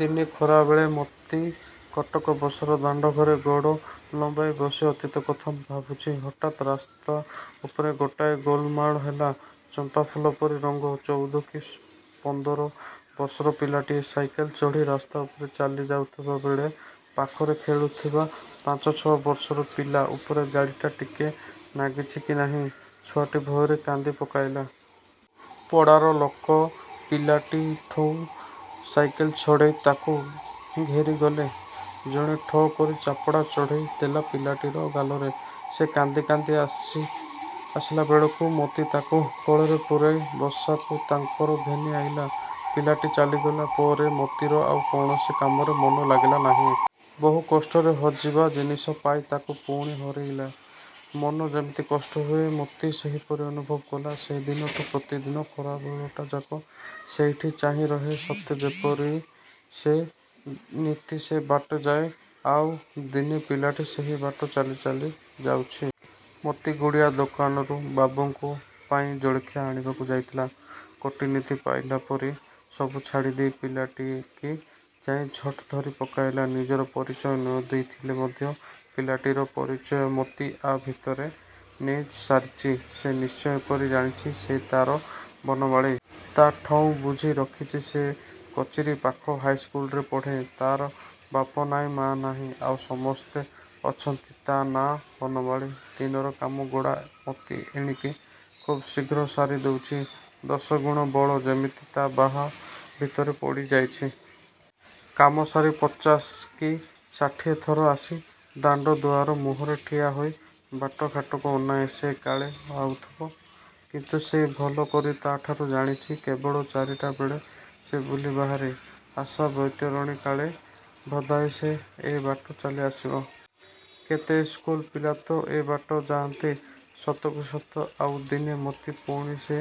ଦିନେ ଖରାବେଳେ ମୋତି କଟକ ବସାର ଦାଣ୍ଡଘରେ ଗୋଡ଼ ଲମ୍ବେଇ ବସି ଅତୀତ କଥା ଭାବୁଛି–ହଠାତ୍ ରାସ୍ତା ଉପରେ ଗୋଟାଏ ଗୋଳମାଳ ହେଲା। ଚମ୍ପାଫୁଲ ପରି ରଙ୍ଗ, ଚଉଦ କି ପନ୍ଦର ବର୍ଷର ପିଲାଟିଏ। ସାଇକଲ ଚଢ଼ି ରସ୍ତାଉପରେ ଚାଲି ଯାଉଥିଲାବେଳେ ପାଖରେ ଖେଳୁଥିବା ପାଞ୍ଚ ଛ ବର୍ଷର ପିଲା ଉପରେ ଗାଡ଼ିଟା ଟିକେ ନାଗିଛି କି ନାହିଁ; ଛୁଆଟି ଭୟରେ କାନ୍ଦି ପକାଇଲା। ପଡ଼ାର ଲୋକ ପିଲାଟିଠଉଁ ସାଇକଲ ଛଡ଼େଇ ତାକୁ ଘେରି ଗଲେ। ଜଣେ ଠୋ କରି ଚାପୁଡ଼ା ଚଢ଼େଇ ଦେଲା ପିଲାଟି ଗାଲରେ। ସେ କାନ୍ଦି କାନ୍ଦି ଆସିଲାବେଳକୁ ମୋତି ତାକୁ କୋଳରେ ପୂରେଇ ବସାକୁ ତାଙ୍କର ଘେନି ଆଇଲା। ପିଲାଟି ଚାଲିଗଲା ପରେ ମୋତିର ଆଉ କୌଣସି କାମରେ ମନ ଲାଗିଲା ନାହିଁ। ବହୁ କଷ୍ଟରେ ହଜିବା ଜିନିଷ ପାଇ ତାକୁ ପୁଣି ହରେଇଲେ, ମନ ଯେମିତି କଷ୍ଟ ହୁଏ; ମୋତି ସେହିପରି ଅନୁଭବ କଲା। ସେହିଦିନଠୁ ପ୍ରତିଦିନ ଖରାବେଳଟାଯାକ ସେଇଠି ଚାହିଁରହେ ସତେ ଯେପରି ସେ ନିତି ସେ ବାଟେ ଯାଏ। ଆଉ ଦିନେ ପିଲାଟି ସେହିବାଟେ ଚାଲି ଚାଲି ଯାଉଚି। ମୋତି ଗୁଡ଼ିଆ ଦୋକାନରୁ ବାବୁଙ୍କ ପାଇଁ ଜଳଖିଆ ଆଣିବାକୁ ଯାଇଥିଲା। କୋଟିନିଧି ପାଇଲା ପରି ସବୁ ଛାଡ଼ିଦେଇ ପିଲାଟିକି ଯାଇଁ ଝଟ୍ ଧରି ପକାଇଲା। ନିଜର ପରିଚୟ ନ ଦେଇଥିଲେ ମଧ୍ୟ ପିଲାଟିର ପରିଚୟ ମୋତି ଆ' ଭିତରେ ନେଇ ସାରିଚି। ସେ ନିଶ୍ଚୟ କରି ଜାଣିଚି, ସେଇ ତାର ବନମାଳି। ତା ଠଉଁ ବୁଝି, ରଖିଛି, ସେ କଚିରି ପାଖ ହାଇସ୍କୁଲରେ ପଢ଼େ। ତାର ବାପ ନାହିଁ, ମା ନାହିଁ। ଆଉ ସମସ୍ତେ ଅଛନ୍ତି–ତା ନାଁ ବନମାଳି-। ଦିନର କାମଗୁଡ଼ା ମୋତି ଏଣିକି ଖୁବ୍ ଶୀଘ୍ର ସାରି ଦେଉଚି। ଦଶଗୁଣ ବଳ ଯେମିତି ତା ବାହା ଭିତରେ ବଢ଼ି ଯାଇଛି। କାମ ସାରି ପଚାଶ କି ଷାଠିଏ ଥର ଆସି ଦାଣ୍ଡ ଦୁଆର ମୁହଁରେ ଠିଆ ହୋଇ ବାଟଘାଟକୁ ଅନାଏଁ–ସେ କାଳେ ଆଉଥିବ। କିନ୍ତୁ ସେ ଭଲ କରି ତା'ଠାରୁ ଜାଣିଚି, କେବଳ ଚାରିଟାବେଳେ ସେ ବୁଲି ବାହାରେ। ଆଶା ବୈତରଣୀ, କାଳେ ଭୋଦୟା ସେ ଏ ବାଟେ ଚାଲିଆସିବ। କେତେ ଇସ୍କୁଲ ପିଲା ତ ଏ ବାଟେ ଯାଆନ୍ତି। ସତକୁସତ ଆଉ ଦିନେ ମୋତି ପୁଣି ସେ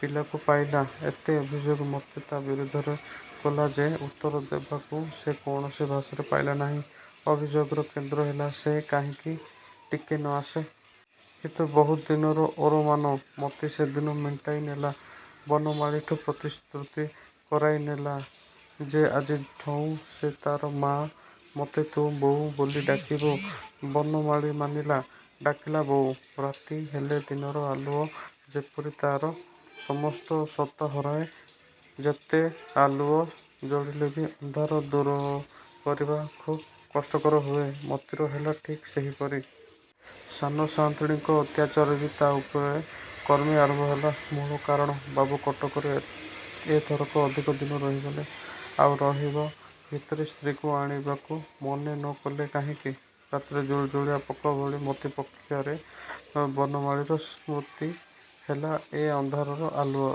ପିଲାକୁ ପାଇଲା। ଏତେ ଅଭିଯୋଗ ମୋତେ ତା ବିରୁଦ୍ଧରେ କଲା ଯେ ଉତ୍ତର ଦେବାକୁ ସେ କୌଣସି ଭାଷା ପାଇଲା ନାହିଁ। ଅଭିଯୋଗର କେନ୍ଦ୍ର ହେଲା–ସେ କାହିଁକି ଟିକେ ନ ଆସେ। କିନ୍ତୁ ବହୁତ ଦିନର ଓରମାନ ମୋତି ସେଦିନ ମେଣ୍ଟାଇ ନେଲା। ବନମାଳିଠୁ ପ୍ରତିଶ୍ରୁତି କରାଇ ନେଲା ଯେ ଆଜିଠଉଁ ସେ ତାର 'ମା'। "ମୋତେ ତୁ ବୋଉ ବୋଲି ଡାକିବୁ। " ବନମାଳି ମାନିଲା, ଡାକିଲା–'ବୋଉ। " ରାତି ହେଲେ ଦିନର ଆଲୁଅ ଯେପରି ତାର ସମସ୍ତ ସତ୍ତା ହରାଏ, ଯେତେ ଆଲୁଅ ଜଳିଲେ ବି ଅନ୍ଧାର ଦୂର କରିବା ଖୁବ୍ କଷ୍ଟକର ହୁଏ, ମୋତିର ହେଲା ଠିକ୍ ସେହିପରି। ସାନ ସାନ୍ତାଣିଙ୍କ ଅତ୍ୟାଚାର ବି ତା ଉପରେ କ୍ରମେ ଆରମ୍ଭ ହେଲା। –ମୂଳ କାରଣ, ବାବୁ କଟକରେ ଏ ଥରକ ଅଧିକ ଦିନ ରହିଗଲେ–ଆଉ ରହିବା ଭିତରେ ସ୍ତ୍ରୀଙ୍କୁ ଆଣିବାକୁ ମନ ନ କଲେ କାହିଁକି। ରାତିରେ ଜୁଳୁଜୁଳିଆ ପୋକ ଭଳି ମୋତି ପକ୍ଷରେ ବନମାଳିର ସ୍ମୃତି ହେଲା ଏ ଅନ୍ଧାରରେ ଆଲୁଅ;